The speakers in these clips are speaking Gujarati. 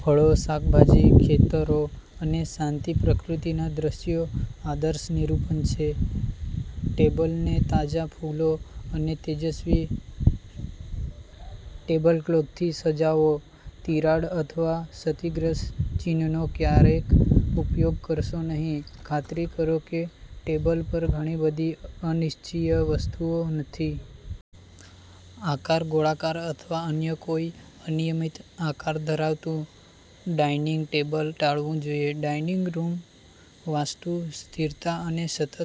ફળો, શાકભાજી, ખેતરો અને શાંત પ્રકૃતિના દ્રશ્યો આદર્શ નિરૂપણ છે. ટેબલને તાજા ફૂલો અને તેજસ્વી ટેબલક્લોથથી સજાવો. તિરાડ અથવા ક્ષતિગ્રસ્ત ચીનનો ક્યારેય ઉપયોગ કરશો નહીં. ખાતરી કરો કે ટેબલ પર ઘણી બધી અનિચ્છનીય વસ્તુઓ નથી. આકાર: ગોળાકાર અથવા અન્ય કોઈપણ અનિયમિત આકાર ધરાવતું ડાઈનિંગ ટેબલ ટાળવું જોઈએ. ડાઇનિંગ રૂમ વાસ્તુ સ્થિરતા અને સતત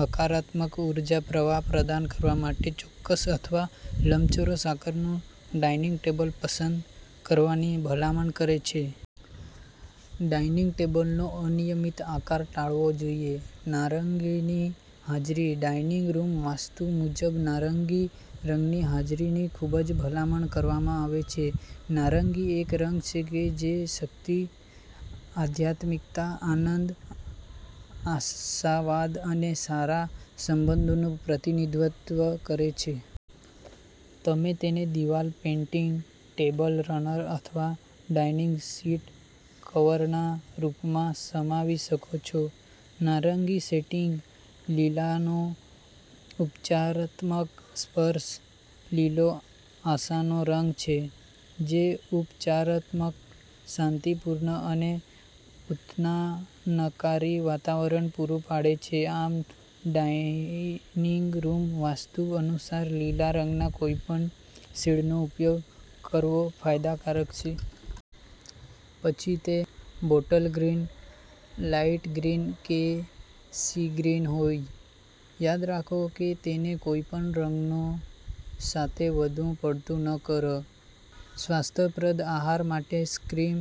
હકારાત્મક ઊર્જા પ્રવાહ પ્રદાન કરવા માટે ચોરસ અથવા લંબચોરસ આકારનું ડાઇનિંગ ટેબલ પસંદ કરવાની ભલામણ કરે છે. ડાઇનિંગ ટેબલનો અનિયમિત આકાર ટાળવો જોઈએ. નારંગીની હાજરી. ડાઇનિંગ રૂમ વાસ્તુ મુજબ નારંગી રંગની હાજરીની ખૂબ ભલામણ કરવામાં આવે છે. નારંગી એક રંગ છે જે શક્તિ, આધ્યાત્મિકતા, આનંદ, આશાવાદ અને સારા સંબંધોનું પ્રતિનિધિત્વ કરે છે. તમે તેને દિવાલ પેઇન્ટિંગ, ટેબલ રનર અથવા ડાઇનિંગ સીટ કવરના રૂપમાં સમાવી શકો છો. નારંગી સેટિંગ. લીલાનો ઉપચારાત્મક સ્પર્શ. લીલો આશાનો રંગ છે. તે ઉપચારાત્મક, શાંતિપૂર્ણ અને ઉત્થાનકારી વાતાવરણ પૂરું પાડે છે. આમ, ડાઇનિંગ રૂમ વાસ્તુ અનુસાર લીલા રંગના કોઈપણ શેડનો ઉપયોગ કરવો ફાયદાકારક છે. પછી તે બોટલ ગ્રીન, લાઇટ ગ્રીન કે સી ગ્રીન હોય. યાદ રાખો કે તેને કોઈપણ રંગો સાથે વધુ પડતું ન કરો. સ્વાસ્થ્યપ્રદ આહાર માટે ક્રીમ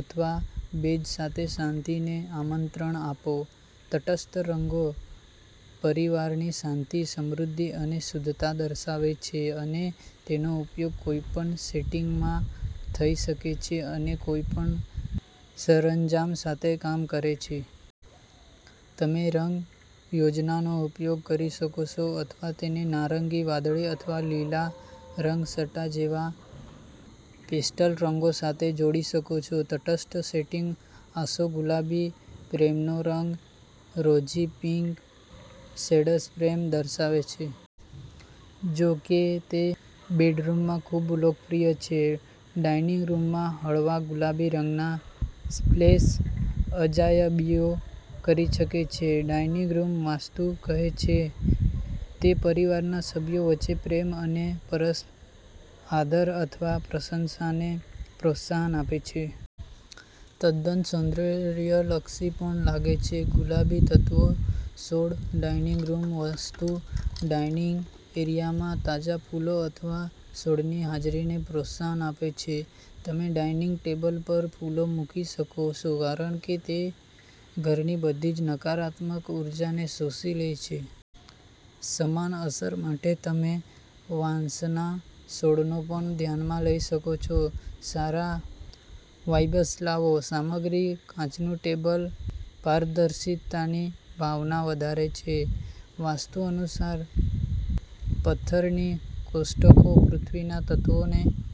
અથવા બેજ સાથે શાંતિને આમંત્રણ આપો. તટસ્થ રંગો પરિવારની શાંતિ, સમૃદ્ધિ અને શુદ્ધતા દર્શાવે છે અને તેનો ઉપયોગ કોઈપણ સેટિંગમાં થઈ શકે છે અને કોઈપણ સરંજામ સાથે કામ કરે છે. તમે રંગ યોજનાનો ઉપયોગ કરી શકો છો અથવા તેને નારંગી, વાદળી અથવા લીલા રંગછટા જેવા પેસ્ટલ રંગો સાથે જોડી શકો છો. તટસ્થ સેટિંગ. આછો ગુલાબી, પ્રેમનો રંગ. રોઝી પિંક શેડ્સ પ્રેમ દર્શાવે છે. જો કે તે બેડરૂમમાં ખૂબ લોકપ્રિય છે, ડાઇનિંગ રૂમમાં હળવા ગુલાબી રંગના સ્પ્લેશ અજાયબીઓ કરી શકે છે, ડાઇનિંગ રૂમ વાસ્તુ કહે છે. તે પરિવારના સભ્યો વચ્ચે પ્રેમ અને પરસ્પર આદર અથવા પ્રશંસાને પ્રોત્સાહન આપે છે. તદ્દન સૌંદર્યલક્ષી પણ લાગે છે. ગુલાબી તત્વો. છોડ. ડાઇનિંગ રૂમ વાસ્તુ ડાઇનિંગ એરિયામાં તાજા ફૂલો અથવા છોડની હાજરીને પ્રોત્સાહન આપે છે. તમે ડાઇનિંગ ટેબલ પર ફૂલ મૂકી શકો છો કારણ કે તે ઘરની બધી નકારાત્મક ઊર્જાને શોષી લે છે. સમાન અસર માટે તમે વાંસના છોડને પણ ધ્યાનમાં લઈ શકો છો. સારા વાઇબ્સ લાવો. સામગ્રી. કાચનું ટેબલ પારદર્શિતાની ભાવના વધારે છે. વાસ્તુ અનુસાર, પથ્થરની કોષ્ટકો પૃથ્વીના તત્વોને